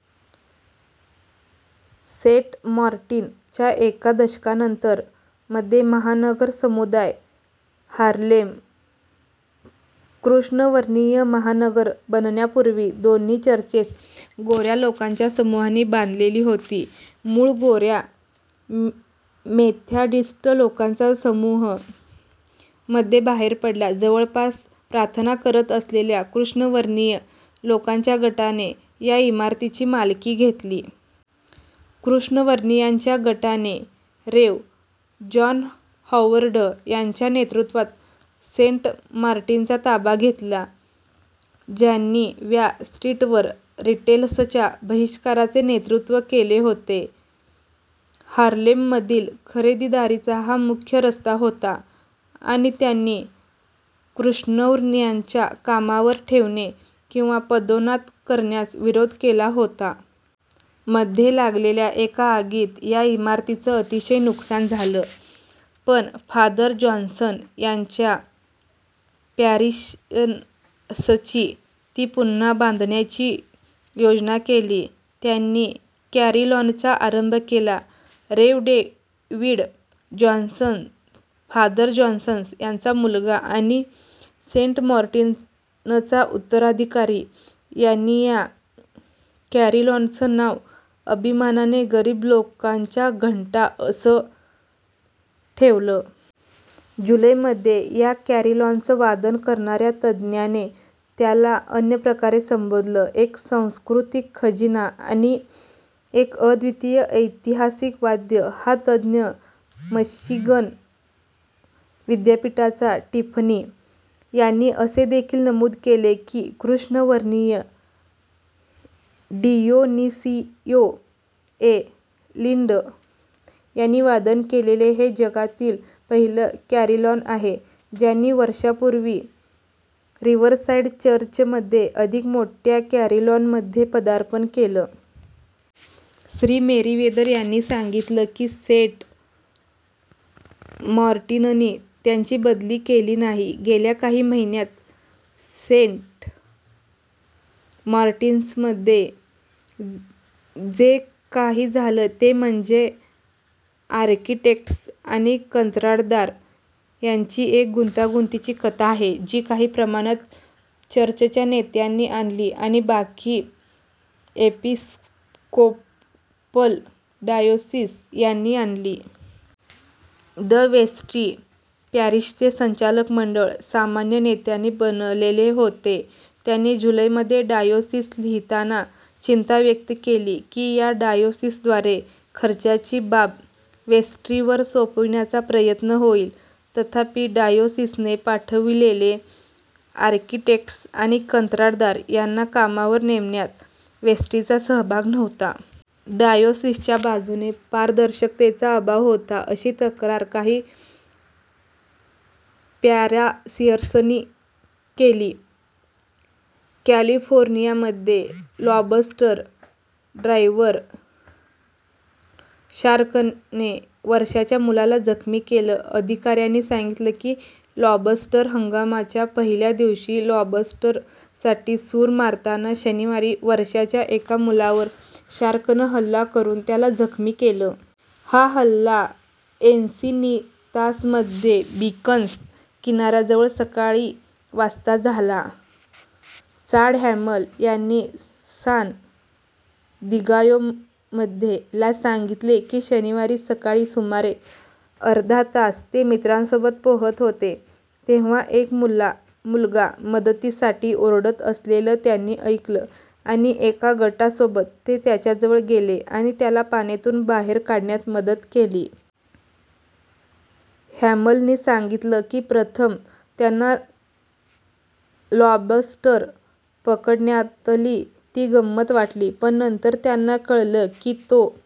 " Saint Martin च्या एका दशकानंतर मध्ये महानगर समुदाय हार्लेम कृष्णवर्णीय महानगर बनण्यापूर्वी दोन्ही चर्चेस गोऱ्या लोकांच्या समूहांनी बांधलेली होती. मूळ गोऱ्या मेथॉडिस्ट लोकांचा समूह मध्ये बाहेर पडला. जवळपास प्रार्थना करत असलेल्या कृष्णवर्णीय लोकांच्या गटाने या इमारतीची मालकी घेतली. कृष्णवर्णीयांच्या गटाने रेव. जॉन हॉवर्ड यांच्या नेतृत्वात सेंट मार्टिनचा ताबा घेतला, ज्यांनी व्या स्ट्रीटवर रिटेलर्सच्या बहिष्काराचे नेतृत्व केले होते, हार्लेममधील खरेदीदारीचा हा मुख्य रस्ता होता, आणि त्यांनी कृष्णवर्णीयांना कामावर ठेवणे किंवा पदोन्नत करण्यास विरोध केला होता. मध्ये लागलेल्या एका आगीत या इमारतीचं अतिशय नुकसान झालं, पण फादर जॉन्सन यांच्या पॅरिशनर्सनी ती पुन्हा बांधण्याची योजना केली, त्यांनी कॅरिलॉनचा आरंभ केला. Rev. David Johnson, father Johnson यांचा मुलगा आणि सेंट मार्टिनचा उत्तराधिकारी, यांनी या कॅरिलॉनचं नाव अभिमानाने "गरीब लोकांच्या घंटा" असं ठेवलं. जुलैमध्ये या कॅरिलॉनचं वादन करणाऱ्या तज्ञाने त्याला अन्यप्रकारे संबोधलं: "एक सांस्कृतिक खजिना" आणि "एक अद्वीतिय ऐतिहासिक वाद्य. " हा तज्ञ, मिशिगन विद्यापीठाचा टिफनी, यांनी असे देखील नमूद केले की कृष्णवर्णीय, डियोनिसियो ए. लिंड, यांनी वादन केलेलं हे जगातील पहिलं कॅरिलॉन आहे, ज्यांनी वर्षापूर्वी रिवरसाईड चर्चमध्ये अधिक मोठ्या कॅरिलॉनमध्ये पदार्पण केलं. श्री. मेरीवेदर यांनी सांगितलं की सेंट मार्टिननी त्यांची बदली केली नाही. गेल्या काही महिन्यांत सेंट मार्टिन्समध्ये जे काही झालं ते म्हणजे आर्किटेक्ट्स आणि कंत्राटदार यांची एक गुंतागुंतीची कथा आहे, जी काही प्रमाणात चर्चच्या नेत्यांनी आणली, आणि बाकी एपिस्कोपल डायोसिस यांनी आणली. द वेस्ट्री – पॅरीशचे संचालक मंडळ, सामान्य नेत्यांनी बनलेले होते – त्यांनी जुलैमध्ये डायोसिस लिहिताना चिंता व्यक्त केली की या डायोसिसद्वारे "खर्चाची बाब" वेस्ट्रीवर सोपविण्याचा प्रयत्न होईल, तथापि डायोसिसने पाठविलेले आर्किटेक्ट्स आणि कंत्राटदार यांना कामावर नेमण्यात वेस्ट्रीचा सहभाग नव्हता. डायोसिसच्या बाजूने पारदर्शकतेचा अभाव होता अशी तक्रार काही पॅरिशनर्सनी केली. कॅलिफोर्नियामध्ये लॉबस्टर ड्राईववर शार्कने वर्षांच्या मुलाला जखमी केलं. अधिकाऱ्यांनी सांगितलं की, लॉबस्टर हंगामाच्या पहिल्या दिवशी लॉबस्टरसाठी सूर मारताना शनिवारी वर्षांच्या एका मुलावर शार्कनं हल्ला करुन त्याला जखमी केलं. हा हल्ला एन्सिनितासमध्ये बिकन्स किनाऱ्याजवळ सकाळी वाजता झाला. चाड हॅमल यांनी सान दियागोमध्ये ला सांगितले की शनिवारी सकाळी सुमारे अर्धा तास ते मित्रांसोबत पोहत होते तेव्हा एक मुलगा मदतीसाठी ओरडत असलेलं त्यांनी ऐकलं आणि एका गटासोबत ते त्याच्याजवळ गेले आणि त्याला पाण्यातून बाहेर काढण्यात मदत केली. हॅमलनी सांगितलं की प्रथम त्यांना लॉबस्टर पकडण्यातली ती एक गंमत वाटली, पण नंतर त्यांना "कळलं की तो